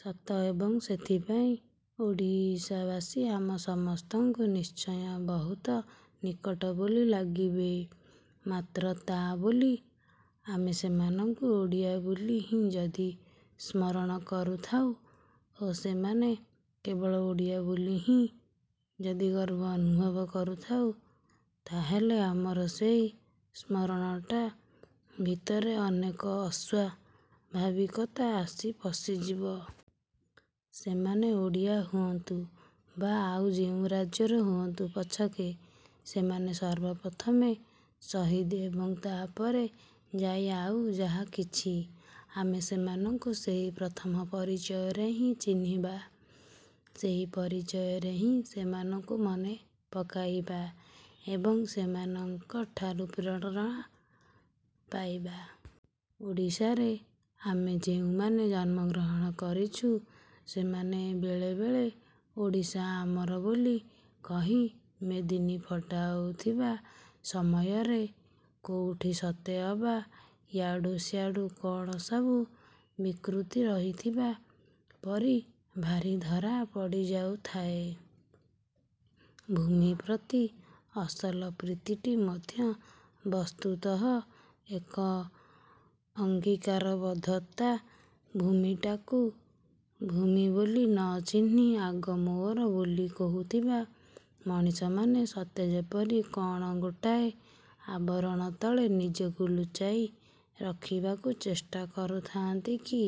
ସତ, ଏବଂ ସେଥିପାଇଁ ଓଡ଼ିଶାବାସୀ ଆମ ସମସ୍ତଙ୍କୁ ନିଶ୍ଚୟ ବହୁତ ନିକଟ ବୋଲି ଲାଗିବେ। ମାତ୍ର, ତା' ବୋଲି ଆମେ ସେମାନଙ୍କୁ ଓଡ଼ିଆ ବୋଲି ହିଁ ଯଦି ସ୍ମରଣ କରୁଥାଉ ଓ ସେମାନେ କେବଳ ଓଡ଼ିଆ ବୋଲି ହିଁ ଯଦି ଗର୍ବ ଅନୁଭବ କରୁଥାଉ, ତାହେଲେ ଆମର ସେହି ସ୍ମରଣଟା ଭିତରେ ଅନେକ ଅସ୍ୱାଭାବିକତା ଆସି ପଶିଯିବ। ସେମାନେ ଓଡ଼ିଆ ହୁଅନ୍ତୁ ବା ଆଉ ଯେଉଁ ରାଜ୍ୟର ହୁଅନ୍ତୁ ପଛକେ, ସେମାନେ ସର୍ବପ୍ରଥମେ ସହିଦ ଏବଂ ତା'ପରେ ଯାଇ ଆଉ ଯାହାକିଛି। ଆମେ ସେମାନଙ୍କୁ ସେହି ପ୍ରଥମ ପରିଚୟରେ ହିଁ ଚିହ୍ନିବା। ସେହି ପରିଚୟରେ ହିଁ ସେମାନଙ୍କୁ ମନେ ପକାଇବା ଏବଂ ସେମାନଙ୍କ ଠାରୁ ପ୍ରେରଣା ପାଇବା। ଓଡ଼ିଶାରେ ଆମେ ଯେଉଁମାନେ ଜନ୍ମଗ୍ରହଣ କରିଛୁ, ସେମାନେ ବେଳେବେଳେ ଓଡ଼ିଶା ଆମର ବୋଲି କହି ମେଦିନୀ ଫଟାଉଥିବା ସମୟରେ କୋଉଠି ସତେ ଅବା ୟାଡୁ ସାଡୁ କ'ଣ ସବୁ ବିକୃତି ରହିଥିବା ପରି ଭାରି ଧରା ପଡ଼ି ଯାଉଥାଏ। ଭୂମି ପ୍ରତି ଅସଲ ପ୍ରୀତିଟି ମଧ୍ୟ ବସ୍ତୁତଃ ଏକ ଅଙ୍ଗୀକାରବଦ୍ଧତା; ଭୂମିଟାକୁ ଭୂମି ବୋଲି ନ ଚିହ୍ନି ଆଗ ମୋର ବୋଲି କହୁଥିବା ମଣିଷମାନେ ସତେ ଯେପରି କ'ଣ ଗୋଟାଏ ଆବରଣ ତଳେ ନିଜକୁ ଲୁଚାଇ ରଖିବାକୁ ଚେଷ୍ଟା କରୁଥାନ୍ତି କି?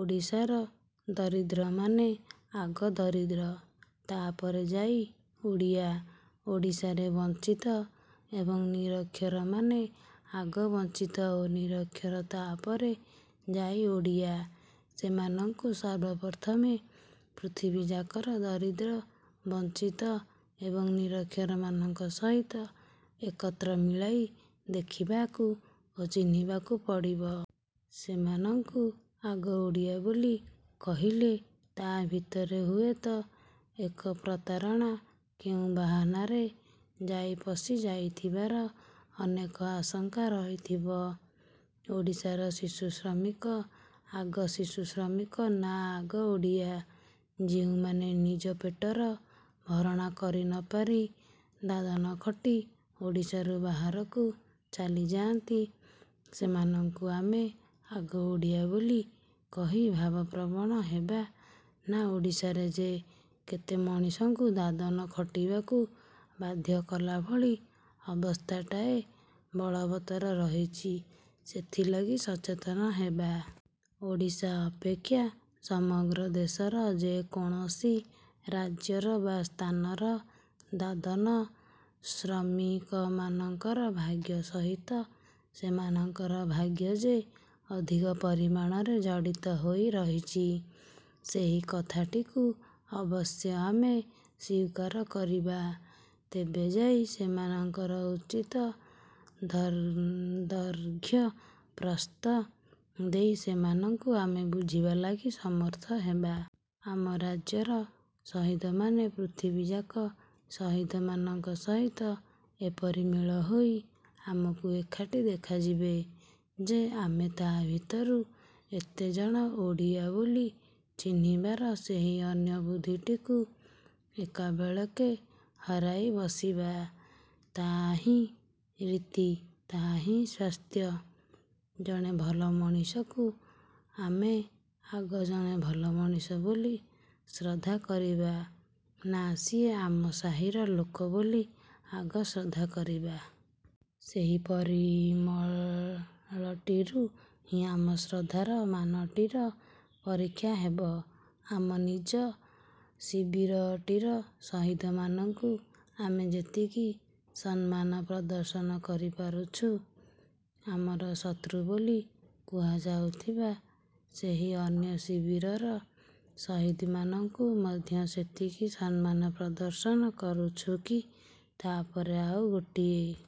ଓଡ଼ିଶାର ଦରିଦ୍ରମାନେ ଆଗ ଦରିଦ୍ର, ତା' ପରେ ଯାଇ ଓଡ଼ିଆ। ଓଡ଼ିଶାରେ ବଞ୍ଚିତ ଏବଂ ନିରକ୍ଷରମାନେ ଆଗ ବଞ୍ଚିତ ଓ ନିରକ୍ଷର, ତା'ପରେ ଯାଇ ଓଡ଼ିଆ। ସେମାନଙ୍କୁ ସର୍ବପ୍ରଥମେ ପୃଥିବୀଯାକର ଦରିଦ୍ର, ବଞ୍ଚିତ ଏବଂ ନିରକ୍ଷରମାନଙ୍କ ସହିତ ଏକତ୍ର ମିଳାଇ ଦେଖିବାକୁ ଓ ଚିହ୍ନିବାକୁ ପଡ଼ିବ। ସେମାନଙ୍କୁ ଆଗ ଓଡ଼ିଆ ବୋଲି କହିଲେ ତା'ଭିତରେ ହୁଏତ ଏକ ପ୍ରତାରଣା କେଉଁ ବାହାନାରେ ଯାଇ ପଶି ଯାଇଥିବାର ଅନେକ ଆଶଙ୍କା ରହିଥିବ। ଓଡ଼ିଶାର ଶିଶୁ ଶ୍ରମିକ ଆଗ ଶିଶୁ ଶ୍ରମିକ ନା ଆଗ ଓଡ଼ିଆ? ଯେଉଁମାନେ ନିଜ ପେଟର ଭରଣା କରିନପାରି ଦାଦନ ଖଟି ଓଡ଼ିଶାରୁ ବାହାରକୁ ଚାଲି ଯାଆନ୍ତି, ସେମାନଙ୍କୁ ଆମେ ଆଗ ଓଡ଼ିଆ ବୋଲି କହି ଭାବପ୍ରବଣ ହେବା ନା ଓଡ଼ିଶାରେ ଯେ କେତେ ମଣିଷଙ୍କୁ ଦାଦନ ଖଟିବାକୁ ବାଧ୍ୟ କଲାଭଳି ଅବସ୍ଥାଟାଏ ବଳବତ୍ତର ରହିଛି, ସେଥିଲାଗି ସଚେତନ ହେବା? ଓଡ଼ିଶା ଅପେକ୍ଷା ସମଗ୍ର ଦେଶର ଯେକୌଣସି ରାଜ୍ୟର ବା ସ୍ଥାନର ଦାଦନ ଶ୍ରମିକମାନଙ୍କର ଭାଗ୍ୟ ସହିତ ସେମାନଙ୍କର ଭାଗ୍ୟ ଯେ ଅଧିକ ପରିମାଣରେ ଜଡ଼ିତ ହୋଇ ରହିଛି, ସେହି କଥାଟିକୁ ଅବଶ୍ୟ ଆମେ ସ୍ୱୀକାର କରିବା। ତେବେ ଯାଇ ସେମାନଙ୍କର ଉଚିତ ଦୈର୍ଘ୍ୟ ପ୍ରସ୍ଥ ଦେଇ ସେମାନଙ୍କୁ ଆମେ ବୁଝିବା ଲାଗି ସମର୍ଥ ହେବା। ଆମ ରାଜ୍ୟର ସହିଦମାନେ ପୃଥିବୀଯାକ ସହିଦମାନଙ୍କ ସହିତ ଏପରି ମେଳ ହୋଇ ଆମକୁ ଏକାଠି ଦେଖାଯିବେ ଯେ ଆମେ ତା' ଭିତରୁ ଏତେଜଣ ଓଡ଼ିଆ ବୋଲି ଚିହ୍ନିବାର ସେହି ଅନ୍ୟ ବୁଦ୍ଧିଟିକୁ ଏକାବେଳେକେ ହରାଇ ବସିବା; ତାହାହିଁ ରୀତି, ତାହାହିଁ ସ୍ୱାସ୍ଥ୍ୟ। ଜଣେ ଭଲ ମଣିଷକୁ ଆମେ ଆଗ ଜଣେ ଭଲ ମଣିଷ ବୋଲି ଶ୍ରଦ୍ଧା କରିବା ନା ସିଏ ଆମ ସାହିର ଲୋକ ବୋଲି ଆଗ ଶ୍ରଦ୍ଧା କରିବା? ସେହି ପରିମଳଟିରୁ ହିଁ ଆମ ଶ୍ରଦ୍ଧାର ମାନଟିର ପରୀକ୍ଷା ହେବ। ଆମ ନିଜ ଶିବିରଟିର ସହିଦମାନଙ୍କୁ ଆମେ ଯେତିକି ସମ୍ମାନ ପ୍ରଦର୍ଶନ କରିପାରୁଛୁ, ଆମର ଶତ୍ରୁ ବୋଲି କୁହାଯାଉଥିବା ସେହି ଅନ୍ୟ ଶିବିରର ସହିଦମାନଙ୍କୁ ମଧ୍ୟ ସେତିକି ସମ୍ମାନ ପ୍ରଦର୍ଶନ କରୁଛୁ କି? ତା'ପରେ ଆଉ ଗୋଟିଏ